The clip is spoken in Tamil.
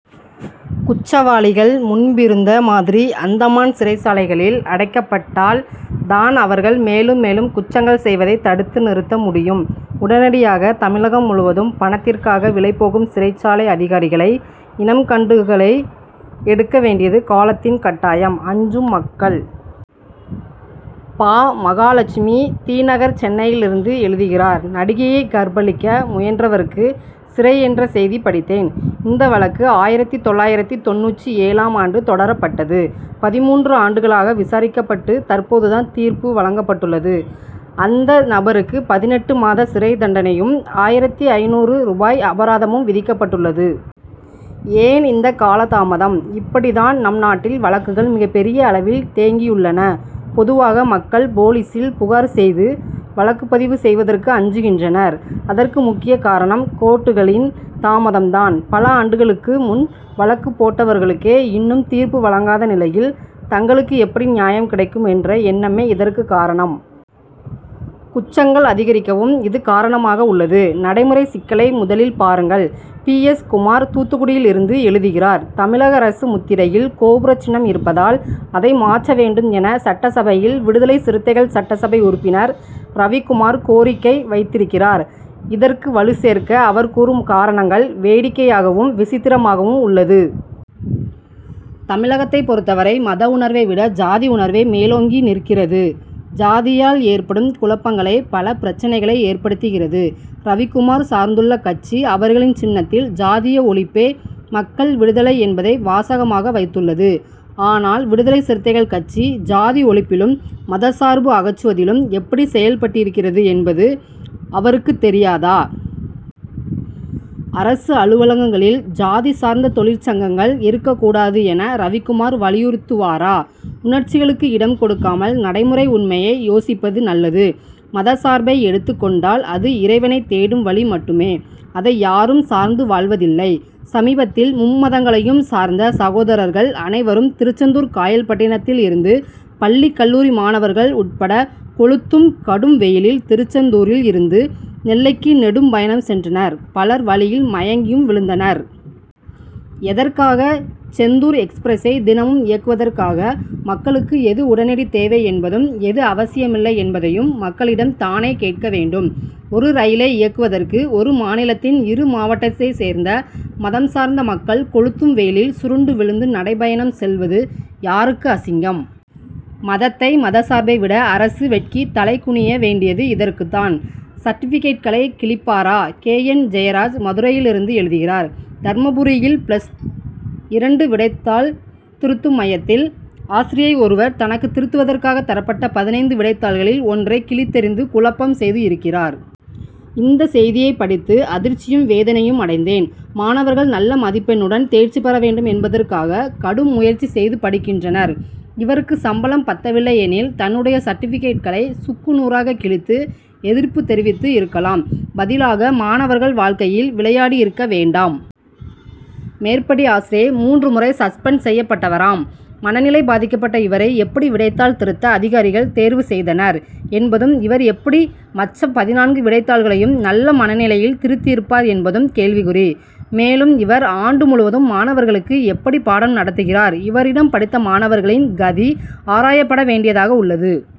குற்றவாளிகள் முன்பிருந்த மாதிரி அந்தமான் சிறைச்சாலைகளில் அடைக்கப்பட்டால் தான் அவர்கள் மேலும் மேலும் குற்றங்கள் செய்வதை தடுத்து நிறுத்த முடியும். உடனடியாக தமிழகம் முழுவதும் பணத்திற்காக விலை போகும் சிறைச்சாலை அதிகாரிகளை இனம் கண்டு களை எடுக்க வேண்டியது காலத்தின் கட்டாயம். அஞ்சும் மக்கள்! பா. மகாலட்சுமி தி. நகர் சென்னையிலிருந்து எழுதுகிறார் நடிகையை கற்பழிக்க முயன்றவருக்கு சிறை என்ற செய்தி படித்தேன். இந்த வழக்கு ஆயிரத்தி தொள்ளாயிரத்து தொண்ணூற்று ஏழாம் ஆண்டு தொடரப்பட்டது. பதிமூன்று ஆண்டுகளாக விசாரிக்கப் பட்டு தற்போது தான் தீர்ப்பு வழங்கப்பட்டுள்ளது. அந்த நபருக்கு பதினெட்டு மாத சிறை தண்டனையும் ஆயிரத்தி ஐநூறு ரூபாய் அபராதமும் விதிக்கப் பட்டுள்ளது. ஏன் இந்த காலதாமதம்? இப்படி தான் நம் நாட்டில் வழக்குகள் மிகப் பெரிய அளவில் தேங்கியுள்ளன. பொதுவாக மக்கள் போலீசில் புகார் செய்து வழக்கு பதிவு செய்வதற்கு அஞ்சுகின்றனர். அதற்கு முக்கியக் காரணம் கோர்ட்டுகளின் தாமதம் தான். பல ஆண்டுகளுக்கு முன் வழக்கு போட்டவர்களுக்கே இன்னும் தீர்ப்பு வழங்காத நிலையில் தங்களுக்கு எப்படி நியாயம் கிடைக்கும் என்ற எண்ணமே இதற்கு காரணம். குற்றங்கள் அதிகரிக்கவும் இது காரணமாக உள்ளது. நடைமுறை சிக்கலை முதலில் பாருங்கள்! பி. எஸ். குமார் தூத்துக்குடியிலிருந்து எழுதுகிறார் தமிழக அரசு முத்திரையில் கோபுரச் சின்னம் இருப்பதால் அதை மாற்ற வேண்டும் என சட்டசபையில் விடுதலைச் சிறுத்தைகள் சட்டசபை உறுப்பினர் ரவிக்குமார் கோரிக்கை வைத்திருக்கிறார். இதற்கு வலுசேர்க்க அவர் கூறும் காரணங்கள் வேடிக்கையாகவும் விசித்திரமாகவும் உள்ளது. தமிழகத்தைப் பொறுத்தவரை மத உணர்வை விட ஜாதி உணர்வே மேலோங்கி நிற்கிறது. ஜாதியால் ஏற்படும் குழப் பங்களே பல பிரச்னைகளை ஏற்படுத்துகிறது. ரவிக்குமார் சார்ந்துள்ள கட்சி அவர்களின் சின்னத்தில் ஜாதிய ஒழிப்பே மக்கள் விடுதலை என்பதை வாசகமாக வைத்துள்ளது. ஆனால் விடுதலைச் சிறுத்தைகள் கட்சி ஜாதி ஒழிப்பிலும் மதச்சார்பு அகற்றுவதிலும் எப்படி செயல்பட்டிருக்கிறது என்பது அவருக்கு தெரியாதா? அரசு அலுவலகங்களில் ஜாதி சார்ந்த தொழிற்சங்கங்கள் இருக்கக் கூடாது என ரவிக்குமார் வலியுறுத்துவாரா? உணர்ச்சிகளுக்கு இடம் கொடுக்காமல் நடைமுறை உண்மையை யோசிப்பது நல்லது. மதச்சார்பை எடுத்துக் கொண்டால் அது இறைவனைத் தேடும் வழி மட்டுமே. அதை யாரும் சார்ந்து வாழ்வதில்லை. சமீபத்தில் மும்மதங்களையும் சார்ந்த சகோதரர்கள் அனைவரும் திருச்செந்தூர் காயல்பட்டினத்தில் இருந்து பள்ளி கல்லூரி மாணவர்கள் உட்பட கொளுத்தும் கடும் வெயிலில் திருச்செந்தூரில் இருந்து நெல்லைக்கு நெடும் பயணம் சென்றனர் பலர் வழியில் மயங்கியும் விழுந்தனர். எதற்காக? செந்தூர் எக்ஸ்பிரசை தினமும் இயக்குவதற்காக மக்களுக்கு எது உடனடித் தேவை என்பதும் எது அவசியமில்லை என்பதையும் மக்களிடம் தானே கேட்க வேண்டும். ஒரு ரயிலை இயக்குவதற்கு ஒரு மாநிலத்தின் இரு மாவட்டத்தைச் சேர்ந்த மதம் சார்ந்த மக்கள் கொளுத்தும் வெயிலில் சுருண்டு விழுந்து நடைபயணம் செல்வது யாருக்கு அசிங்கம்? மதத்தை மதச்சார்பை விட அரசு வெட்கித்தலைகுனிய வேண்டியது இதற்குத் தான். சர்டிபிகேட்டுகளை கிழிப்பாரா! கே. என். ஜெயராஜ் மதுரையிலிருந்து எழுதுகிறார் தர்மபுரியில் பிளஸ் இரண்டு விடைத்தாள் திருத்தும் மையத்தில் ஆசிரியை ஒருவர் தனக்கு திருத்துவதற்காக தரப்பட்ட பதினைந்து விடைத்தாள்களில் ஒன்றை கிழித்தெறிந்து குழப்பம் செய்து இருக்கிறார். இந்தச் செய்தியைப் படித்து அதிர்ச்சியும் வேதனையும் அடைந்தேன். மாணவர்கள் நல்ல மதிப்பெண்ணுடன் தேர்ச்சி பெற வேண்டும் என்பதற்காக கடும் முயற்சி செய்து படிக்கின்றனர். இவருக்கு சம்பளம் பத்தவில்லை எனில் தன்னுடைய சர்டிபிகேட்டுகளை சுக்கு நூறாக கிழித்து எதிர்ப்பு தெரிவித்து இருக்கலாம். பதிலாக மாணவர்கள் வாழ்க்கையில் விளையாடி இருக்க வேண்டாம். மேற்படி ஆசிரியை மூன்று முறை சஸ்பெண்ட் செய்யப்பட்டவராம் மனநிலை பாதிக்கப்பட்ட இவரை எப்படி விடைத்தாள் திருத்த அதிகாரிகள் தேர்வு செய்தனர் என்பதும் இவர் எப்படி மற்ற பதினான்கு விடைத்தாள்களையும் நல்ல மனநிலையில் திருத்தி இருப்பார் என்பதும் கேள்விக்குறி. மேலும் இவர் ஆண்டு முழுவதும் மாணவர்களுக்கு எப்படி பாடம் நடத்துகிறார்? இவரிடம் படித்த மாணவர்களின் கதி ஆராயப்பட வேண்டியதாக உள்ளது!